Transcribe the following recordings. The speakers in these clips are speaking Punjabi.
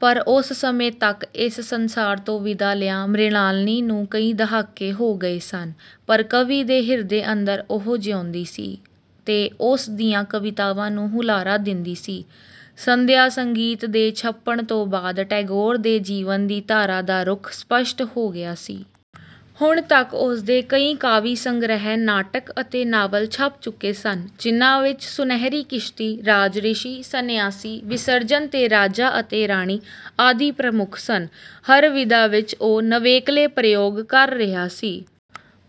ਪਰ ਉਸ ਸਮੇਂ ਤੱਕ ਇਸ ਸਂਸਾਰ ਤੋਂ ਵਿਦਾ ਲਿਆਂ ਮ੍ਰਿਣਾਲਨੀ ਨੂੰ ਕਈ ਦਹਾਕੇ ਹੋ ਗਏ ਸਨ। ਪਰ ਕਵੀ ਦੇ ਹਿਰਦੇ ਅੰਦਰ ਉਹ ਜਿਉਂਦੀ ਸੀ ਤੇ ਉਸ ਦੀਆਂ ਕਵਿਤਾਵਾਂ ਨੂੰ ਹੁਲਾਰਾ ਦਿੰਦੀ ਸੀ। "ਸੰਧਿਆ-ਸੰਗੀਤ" ਦੇ ਛਪਣ ਤੋਂ ਬਾਦ ਟੈਗੋਰ ਦੇ ਜੀਵਨ ਦੀ ਧਾਰਾ ਦਾ ਰੁਖ ਸਪਸ਼ਟ ਹੋ ਗਿਆ ਸੀ। ਹੁਣ ਤਕ ਉਸਦੇ ਕਈ ਕਾਵਿ-ਸੰਗ੍ਰਿਹ, ਨਾਟਕ ਅਤੇ ਨਾਵਲ ਛਪ ਚੁਕੇ ਸਨ, ਜਿਨ੍ਹਾ ਵਿੱਚ ਸੁਨਹਿਰੀ ਕਿਸ਼ਤੀ, ਰਾਜਰਿਸ਼ੀ, ਸਨਿਆਸੀ, ਵਿਸਰਜਨ ਤੇ ਰਾਜਾ ਅਤੇ ਰਾਣੀ ਆਦਿ ਪ੍ਰਮੁਖ ਸਨ। ਹਰ ਵਿਧਾ ਵਿੱਚ ਉਹ ਨਵੇਕਲੇ ਪ੍ਰਯੋਗ ਕਰ ਰਿਹਾ ਸੀ।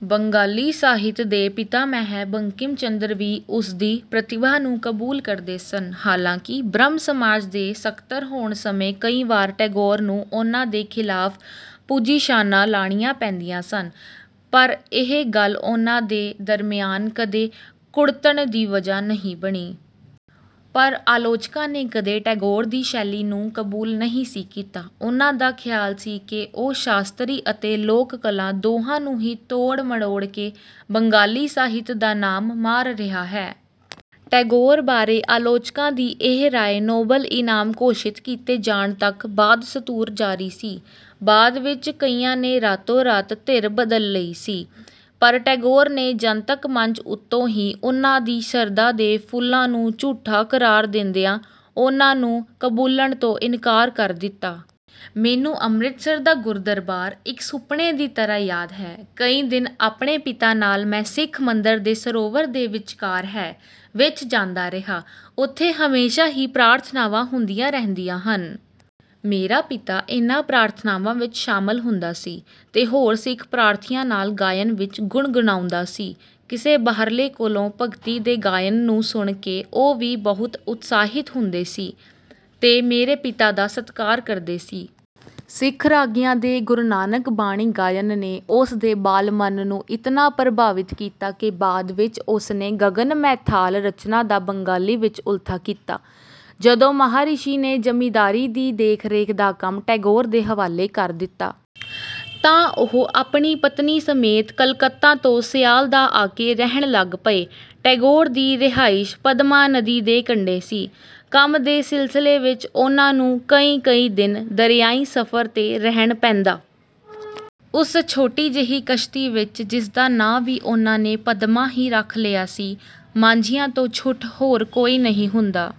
ਬੰਗਾਲੀ ਸਾਹਿਤ ਦੇ ਪਿਤਾਮਹ ਬੰਕਿਮ ਚੰਦਰ ਵੀ ਉਸਦੀ ਪ੍ਰਤਿਭਾ ਨੂੰ ਕਬੂਲ ਕਰਦੇ ਸਨ। ਹਾਲਾਂਕਿ ਬ੍ਰਹਮ-ਸਮਾਜ ਦੇ ਸਕਤਰ ਹੋਣ ਸਮੇਂ ਕਈ ਵਾਰ ਟੈਗੋਰ ਨੂੰ ਉਨ੍ਹਾ ਦੇ ਖਿਲਾਫ਼ ਪੁਜੀਸ਼ਾਨਾਂ ਲੈਣੀਆਂ ਪੈਂਦੀਆਂ ਸਨ। ਪਰ ਇਹ ਗੱਲ ਉਨ੍ਹਾ ਦੇ ਦਰਮਿਆਨ ਕਦੇ ਕੁੜਤਣ ਦੀ ਵਜਾਹ ਨਹੀਂ ਬਣੀ। ਪਰ ਆਲੋਚਕਾਂ ਨੇ ਕਦੇ ਟੈਗੋਰ ਦੀ ਸ਼ੈਲੀ ਨੂੰ ਕਬੂਲ ਨਹੀਂ ਸੀ ਕੀਤਾ। ਉਨ੍ਹਾ ਦਾ ਖਿਆਲ ਸੀ ਕਿ ਉਹ ਸ਼ਾਸਤਰੀ ਤੇ ਲੋਕ-ਕਲਾ ਦੋਹਾਂ ਨੂੰ ਹੀ ਤੋੜ-ਮਰੋੜ ਕੇ ਬੰਗਾਲੀ ਸਾਹਿਤ ਦਾ ਨਾਸ ਮਾਰ ਰਿਹਾ ਹੈ। ਟੈਗੋਰ ਬਾਰੇ ਆਲੋਚਕਾਂ ਦੀ ਇਹ ਰਾਇ ਨੋਬਲ-ਈਨਾਮ ਘੋਸ਼ਿਤ ਕੀਤੇ ਜਾਣ ਤਕ ਬਾਦਸਤੂਰ ਜਾਰੀ ਸੀ। ਬਾਦ ਵਿੱਚ ਕਈਆਂ ਨੇ ਰਾਤੋ-ਰਾਤ ਧਿਰ ਬਦਲ ਲਈ ਸੀ। ਪਰ ਟੈਗੋਰ ਨੇ ਜਨਤਕ ਮੰਚ ਉੱਤੋਂ ਹੀ ਉਨ੍ਹਾ ਦੀ ਸ਼ਰਧਾ ਦੇ ਫੁੱਲਾਂ ਨੂੰ ਝੂਠਾ ਕਰਾਰ ਦਿੰਦਿਆਂ ਉਨ੍ਹਾਂ ਨੂੰ ਕਬੂਲਣ ਤੋਂ ਇਨਕਾਰ ਕਰ ਦਿੱਤਾ ਸੀ। ਮੈਨੂੰ ਅੰਮ੍ਰਿਤਸਰ ਦਾ ਗੁਰਦਰਬਾਰ ਇਕ ਸੁਪਨੇ ਦੀ ਤਰਾਂ ਯਾਦ ਹੈ। ਕਈ ਦਿਨ ਆਪਣੇ ਪਿਤਾ ਨਾਲ ਮੈਂ ਸਿੱਖ ਮੰਦਰ ਜੋ ਸਰੋਵਰ ਦੇ ਵਿਚਕਾਰ ਹੈ, ਵਿੱਚ ਜਾਂਦਾ ਰਿਹਾ। ਉਥੇ ਹਮੇਸ਼ਾ ਹੀ ਪ੍ਰਾਰਥਨਾਵਾਂ ਹੁੰਦੀਆਂ ਰਹਿੰਦੀਆਂ ਹਨ। ਮੇਰਾ ਪਿਤਾ ਇਨ੍ਹਾਂ ਪ੍ਰਾਰਥਨਾਵਾਂ ਵਿੱਚ ਸ਼ਾਮਲ ਹੁੰਦਾ ਸੀ ਤੇਹੋਰ ਸਿੱਖ ਪ੍ਰਾਰਥੀਆਂ ਨਾਲ ਗਾਇਨ ਵਿੱਚ ਗੁਣਗੁਨਾਂਉਦਾ ਸੀ। ਕਿਸੇ ਬਾਹਰਲੇ ਕੋਲੋਂ ਭਗਤੀ ਦੇ ਗਾਇਨ ਨੂੰ ਸੁਣ ਕੇ ਉਹ ਵੀ ਬਹੁਤ ਉਤਸਾਹਿਤ ਹੁੰਦੇ ਸੀ ਤੇ ਮੇਰੇ ਪਿਤਾ ਦਾ ਸਤਕਾਰ ਕਰਦੇ ਸੀ। ਸਿੱਖ ਰਾਗੀਆਂ ਦੇ ਗੁਰੂ ਨਾਨਕ ਬਾਣੀ ਗਾਇਨ ਨੇ ਉਸ ਦੇ ਬਾਲ ਮਨ ਨੂੰ ਇਤਨਾ ਪ੍ਰਭਾਵਿਤ ਕੀਤਾ ਕਿ ਬਾਦ ਵਿੱਚ ਉਸ ਨੇ " ਗਗਨ ਮੈਂ ਥਾਲ" ਰਚਨਾ ਦਾ ਬੰਗਾਲੀ ਵਿੱਚ ਉਲਥਾ ਕੀਤਾ। ਜਦੋ ਮਹਾਰਿਸ਼ੀ ਨੇ ਜ਼ਮੀਂਦਾਰੀ ਦੀ ਦੇਖਰੇਖ ਦਾ ਕੰਮ ਟੈਗੋਰ ਦੇ ਹਵਾਲੇ ਕਰ ਦਿੱਤਾ। ਤਾਂ ਉਹ ਆਪਣੀ ਪਤਨੀ ਸਮੇਤ ਕਲਕੱਤਾ ਤੋਂ ਸਿਆਲਦਾਅ ਆਕੇ ਰਹਿਣ ਲਗ ਪਏ। ਟੈਗੋਰ ਦੀ ਰਿਹਾਇਸ਼ ਪਦਮਾ ਨਦੀ ਦੇ ਕੰਡੇ ਸੀ। ਕੰਮ ਦੇ ਸਿਲਸਿਲੇ ਵਿੱਚ ਉਨ੍ਹਾ ਨੂੰ ਕਈ-ਕਈ ਦਿਨ ਦਰਿਆਈ ਸਫ਼ਰ 'ਤੇ ਰਹਿਣ ਪੈਂਦਾ। ਉਸ ਛੋਟੀ ਜਿਹੀ ਕਸ਼ਤੀ ਵਿੱਚ, ਜਿਸਦਾ ਨਾਂ ਵੀ ਉਨ੍ਹਾ ਨੇ ਪਦਮਾ ਹੀ ਰਖ ਲਿਆ ਸੀ, ਮਾਂਝੀਆਂ ਤੋਂ ਛੁੱਟ ਹੋਰ ਕੋਈ ਨਾ ਹੁੰਦਾ।